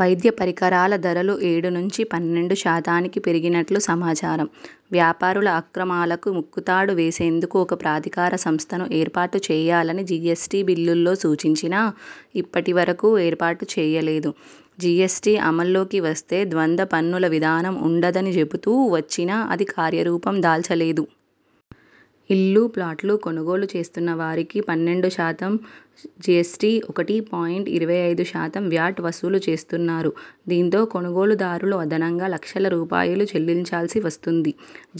వైద్య పరికరాల ధరలు ఏడు నుంచి పన్నెండు శాతానికి పెరిగినట్లు సమాచారం. వ్యాపారుల అక్రమాలకు ముక్కుతాడు వేసేందుకు ఒక ప్రాధికార సంస్థను ఏర్పాటు చేయాలని జీఎస్టీ బిల్లులో సూచించినా ఇప్పటివరకు ఏర్పాటు చేయలేదు. జీఎస్టీ అమలులోకి వస్తే ద్వంద్వ పన్నుల విధానం ఉండదని చెబుతూ వచ్చినా అది కార్యరూపం దాల్చలేదు. ఇళ్లు, ప్లాట్లు కొనుగోలు చేస్తున్నవారికి పన్నెండు శాతం జీఎస్టీ, ఒకటి పాయింట్ ఇరవై ఐదు శాతం వ్యాట్ వసూలు చేస్తున్నారు. దీంతో కొనుగోలుదారులు అదనంగా లక్షల రూపాయలు చెల్లించాల్సి వస్తుంది.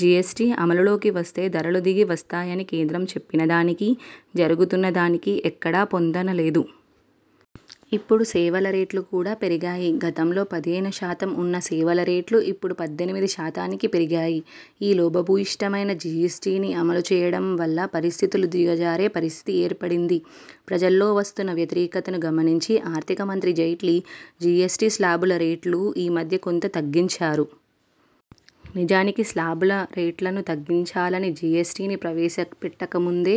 జీఎస్టీ అమలులోకి వస్తే ధరలు దిగి వస్తాయని కేంద్రం చెప్పినదానికి, జరుగుతున్న దానికి ఎక్కడా పొంతన లేదు. ఇప్పుడు సేవల రేట్లు కూడా పెరిగాయి. గతంలో పదిహేనుశాతం ఉన్న సేవల రేట్లు ఇప్పుడు పద్దెనిమిదిశాతానికి పెరిగాయి. ఈ లోపభూయిష్టమైన జీఎస్టీని అమలుచేయడం వల్ల పరిస్థితులు దిగజారే పరిస్థితి ఏర్పడింది. ప్రజల్లో వస్తున్న వ్యతిరేకతను గమనించి ఆర్థిక మంత్రి జైట్లీ జీఎస్టీ శ్లాబుల రేట్లు ఈమధ్య కొంత తగ్గించారు. నిజానికి శ్లాబుల రేట్లను తగ్గించాలని జీఎస్టీని ప్రవేశపెట్టకముందే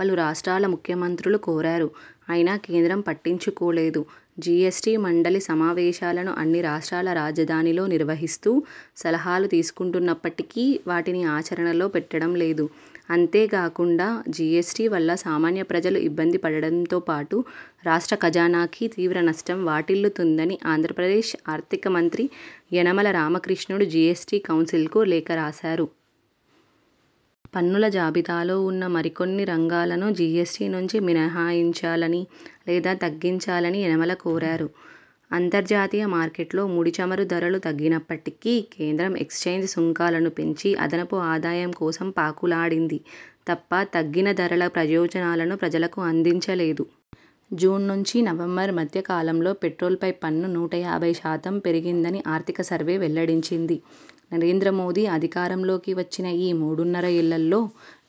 పలు రాష్ట్రాల ముఖ్యమంత్రులు కోరారు. అయినా కేంద్రం పట్టించుకోలేదు. జీఎస్టీ మండలి సమావేశాలను అన్ని రాష్ట్రాల రాజధానిలో నిర్వహిస్తూ సలహాలు తీసుకుంటున్నప్పటికీ వాటిని ఆచరణలో పెట్టడంలేదు. అంతేగాకుండా జీఎస్టీ వల్ల సామాన్య ప్రజలు ఇబ్బంది పడటంతోపాటు రాష్ట్ర ఖజానాకి తీవ్ర నష్టం వాటిల్లుతుందని ఆంధ్రప్రదేశ్ ఆర్థికమంత్రి యనమల రామకృష్ణుడు జీఎస్టీ కౌన్సిల్ కు లేఖ రాశారు. పన్నుల జాబితాలో ఉన్న మరి కొన్ని రంగాలను జీఎస్టీ నుంచి మినహాయించాలని లేదా తగ్గించాలని యనమల కోరారు. అంతర్జాతీయ మార్కెట్లో ముడి చమురు ధరలు తగ్గినప్పటికీ కేంద్ర ప్రభుత్వం ఎక్సైజ్ సుంకాలను పెంచి అదనపు ఆదాయం కోసం పాకులాడింది తప్ప తగ్గిన ధరల ప్రయోజనాలను ప్రజలకు అందించ లేదు. జూన్ నుంచి నవంబర్ మధ్య కాలంలో పెట్రోల్ పై పన్ను నూట యాభైశాతం పెరిగిందని ఆర్థిక సర్వే వెల్లడించింది. నరేంద్ర మోదీ అధికారంలోకి వచ్చిన ఈ మూడున్నరేళ్లలో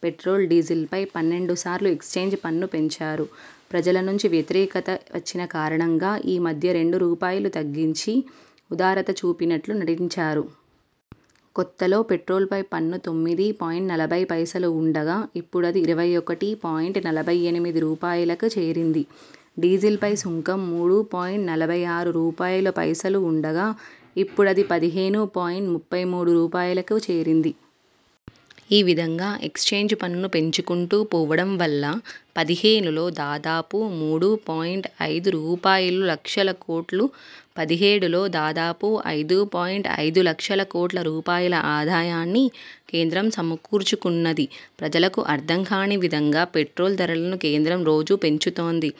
పెట్రోల్, డీజిల్ పై పన్నెండుసార్లు ఎక్సైజ్ పన్ను పెంచారు. ప్రజల నుంచి వ్యతిరేకత వచ్చిన కారణంగా ఈ మధ్య రెండు రూపాయలు తగ్గించి ఉదారత చూపినట్లు నటించారు. కొత్తలో పెట్రోల్ పై పన్ను తొమ్మిది పాయింట్ నలభైపైసలు ఉండగా ఇప్పుడది ఇరవై ఒకటి పాయింట్ నలభై ఎనిమిది రూపాయలుకి చేరింది. డీజిల్ పై సుంకం మూడు పాయింట్ నలభై ఆరు రూపాయలు పైసలు ఉండగా ఇప్పుడది పదిహేడు పాయింట్ ముప్పై మూడు రూపాయలుకి చేరింది. ఈ విధంగా ఎక్సైజ్ పన్ను పెంచుకుంటూ పోవడం వల్ల పదిహేనులో దాదాపు మూడు పాయింట్ ఐదు రూపాయలు లక్షల కోట్లు, పదిహేడులో దాదాపు ఐదు పాయింట్ ఐదులక్షల కోట్ల రూపాయల ఆదాయాన్ని కేంద్రం సమకూర్చుకున్నది. ప్రజలకు అర్థంకాని విధంగా పెట్రోల్ ధరలను కేంద్రం రోజూ పెంచుతోంది.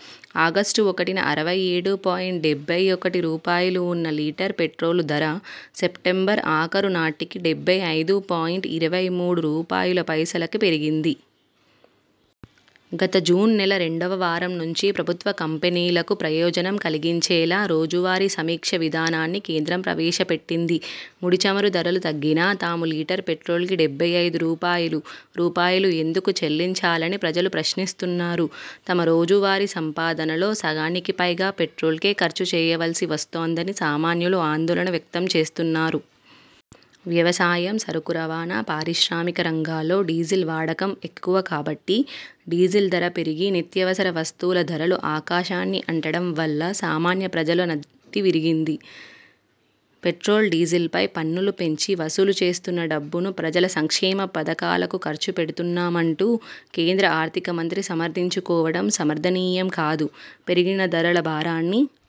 ఆగస్టు ఒకటిన అరవై ఏడు పాయింట్ డెబ్బై ఒకటి రూపాయలు ఉన్న లీటర్ పెట్రోల్ ధర సెప్టెంబర్ ఆఖరు నాటికి డెబ్బై ఐదు పాయింట్ ఇరవై మూడు రూపాయలు పైసలకి పెరిగింది. గత జూన్ నెల రెండవ వారం నుంచి ప్రభుత్వ కంపెనీలకు ప్రయోజనం కలిగించేలా రోజువారీ సమీక్ష విధానాన్ని కేంద్రం ప్రవేశపెట్టింది. ముడి చమురు ధరలు తగ్గినా తాము లీటర్ పెట్రోల్కి డెబ్బై ఐదు రూపాయలు రూపాయలు ఎందుకు చెల్లించాలని ప్రజలు ప్రశ్నిస్తున్నారు. తమ రోజువారీ సంపాదనలో సగానికి పైగా పెట్రోల్కే ఖర్చు చేయవలసి వస్తోందని సామాన్యులు ఆందోళన వ్యక్తంచేస్తున్నారు. వ్యవసాయం, సరుకు రవాణా, పారిశ్రామిక రంగాల్లో డీజిల్ వాడకం ఎక్కువ కాబట్టి డీజిల్ ధర పెరిగి నిత్యావసర వస్తువుల ధరలు ఆకాశాన్ని అంటడం వల్ల సామాన్య ప్రజల నడ్డి విరిగింది. పెట్రోల్, డీజిల్ పై పన్నులు పెంచి వసూలు చేస్తున్న డబ్బును ప్రజల సంక్షేమ పథకాలకు ఖర్చు పెడుతున్నామంటూ కేంద్ర ఆర్థిక మంత్రి సమర్థించుకోవడం సమర్థనీయం కాదు. పెరిగిన ధరల భారాన్ని